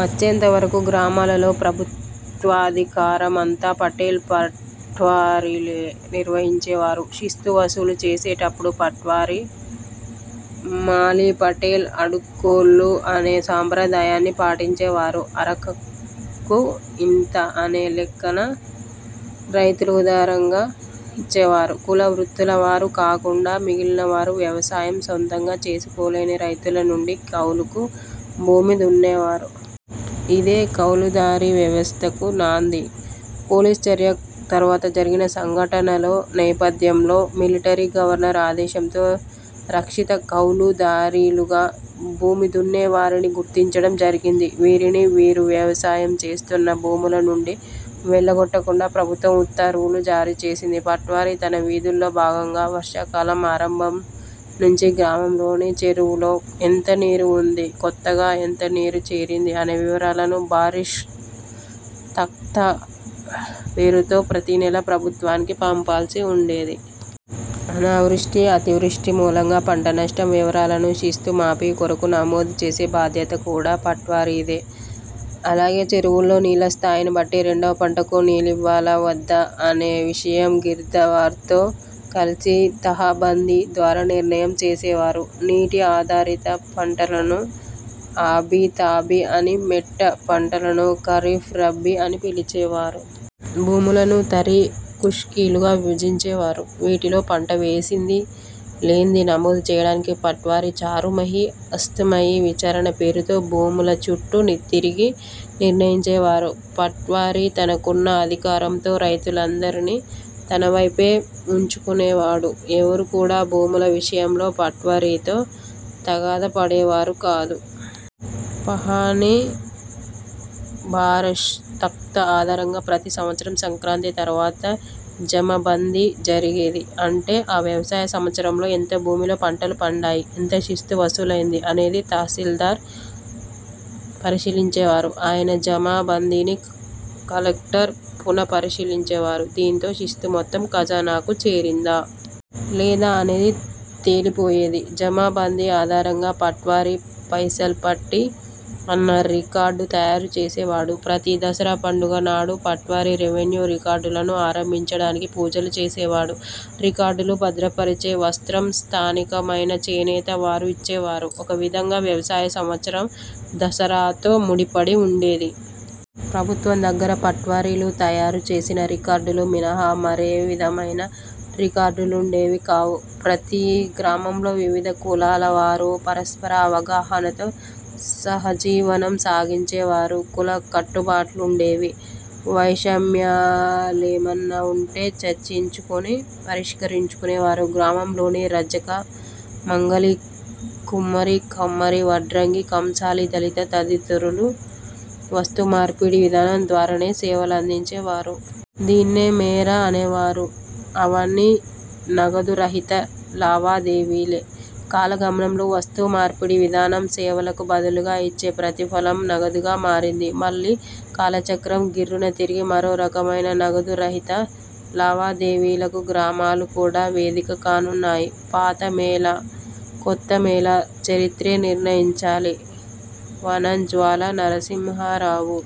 వచ్చేంత వరకూ గ్రామాలలో ప్రభుత్వాధికారమంతా పటేల్ పట్వారీలే నిర్వహించేవారు. శిస్తు వసూలు చేసేటప్పుడు పట్వారీ, మాలీ పటేల్ అడుక్కోళ్లు అనే సాంప్రదాయాన్ని పాటించేవారు. ''అరక''కు ఇంత అనే లెక్కన రైతులు ఉదారంగా ఇచ్చేవారు. కుల వృత్తులవారు కాకుండా మిగిలినవారు, వ్యవసాయం సొంతంగా చేసుకోలేని రైతుల నుండి కౌలుకు భూమి దున్నేవారు. ఇదే కౌలుదారీ వ్యవస్థకు నాంది. పోలీసు చర్య తరువాత జరిగిన సంఘటనల నేపథ్యంలో మిలిటరీ గవర్నర్ ఆదేశంతో రక్షిత కౌలుదారీలుగా భూమిదున్నేవారిని గుర్తించడం జరిగింది. వీరిని, వీరు వ్యవసా యం చేస్తున్న భూముల నుండి వెళ్లగొట్టకుండా ప్రభుత్వం ఉత్తర్వులు జారీ చేసింది. పట్వారీ తన విధుల్లో భాగంగా, వర్షాకాలం ఆరంభం నుంచి, గ్రామంలోని చెరువులో ఎంత నీరు వుంది, కొత్తగా ఎంత నీరు చేరింది అనే వివరాలను ''బారిష్ తఖ్తా'' పేరుతో ప్రతి నెలా ప్రభుత్వానికి పంపాల్సి వుండేది. అనావృష్టి, అతివృష్టి మూలంగా పంట నష్టం వివరాలను, శిస్తు మాఫీ కొరకు నమోదు చేసే బాధ్యత కూడా పట్వారీదే. అలాగే చెరువుల్లో నీళ్ల స్థాయిని బట్టి రెండవ పంటకు నీళ్లివ్వాలా? వద్దా? అనే విషయం గిర్దావర్తో కలిసి ''తహబంధీ'' ద్వారా నిర్ణయం చేసేవారు. నీటి ఆధారిత పంటలను ఆబి, తాబి అని, మెట్ట పంటలను ఖరీఫ్, రబ్బీ అని పిలిచేవారు. భూములను తరీ, ఖుష్కీలుగా విభజించేవారు. వీటిలో పంట వేసిందీ, లేందీ నమోదు చేయడానికి పట్వారీ ''చారుమహి'', ''హస్త్ మాయి'' విచారణ పేరుతో భూముల చుట్టూ తిరిగి నిర్ణయించేవారు. పట్వారీ తనకున్న అధికారంతో రైతులందరినీ తనవైపే వుంచుకునేవాడు. ఎవరు కూడా భూముల విషయంలో పట్వారీతో తగాదా పడేవారు కాదు. పహాణీ, బారష్ తఖ్తా ఆధారంగా ప్రతి సంవత్సరం సంక్రాంతి తరువాత ''జమా బందీ'' జరిగేది. అంటే, ఆ వ్యవసాయ సంవత్సరంలో ఎంత భూమిలో పంటలు పండాయి, ఎంత శిస్తు వసూలైందీ అనేది తహసీల్దార్ పరిశీలించేవారు. ఆయన జమా బందీని కలెక్టర్ పునఃపరిశీలించేవారు. దీంతో శిస్తు మొత్తం ఖజానాకు చేరిందా? లేదా? అనేది తేలిపోయేది. జమా బందీ ఆధారంగా పట్వారీ ''పైసల్ పట్టీ'' అన్న రికార్డు తయారు చేసేవాడు. ప్రతి దసరా పండుగ నాడు పట్వారీ రెవెన్యూ రికార్డులను ఆరంభించడానికి పూజలు చేసేవాడు. రికార్డులు భద్రపరిచే వస్త్రం స్థానికమైన చేనేత వారు ఇచ్చేవారు. ఒక విధంగా వ్యవసాయ సంవత్సరం దసరాతో ముడిపడి వుండేది. ప్రభుత్వం దగ్గర పట్వారీలు తయారు చేసిన రికార్డులు మినహా మరే విధమైన రికార్డులుండేవి కావు. ప్రతీ గ్రామంలో వివిధ కులాల వారు పరస్పర అవగాహనతో సహజీవనం సాగించేవారు. కుల కట్టుబాట్లుండేవి. వైషమ్యాలేమన్నా వుంటే చర్చించుకుని పరిష్కరించుకునేవారు. గ్రామంలోని రజక, మంగలి, కుమ్మరి, కమ్మరి, వడ్రంగి, కంసాలి, దళిత తదితరులు వస్తుమార్పిడి విధానం ద్వారానే సేవలందించేవారు. దీన్నే మేర అనేవారు. ఆవన్నీ నగదు రహిత లావాదేవీలే. కాల గమనంలో, వస్తు మార్పిడి విధానం సేవలకు బదులుగా ఇచ్చే ప్రతిఫలం, నగదుగా మారింది. మళ్లీ కాల చక్రం గిర్రున తిరిగి మరో రకమైన నగదు రహిత లావాదేవీలకు గ్రామాలు కూడా వేదిక కానున్నాయి. ''పాత'' మేలా? ''కొత్త'' మేలా? చరిత్రే నిర్ణయించాలి! -వనం జ్వాలా నరసింహారావు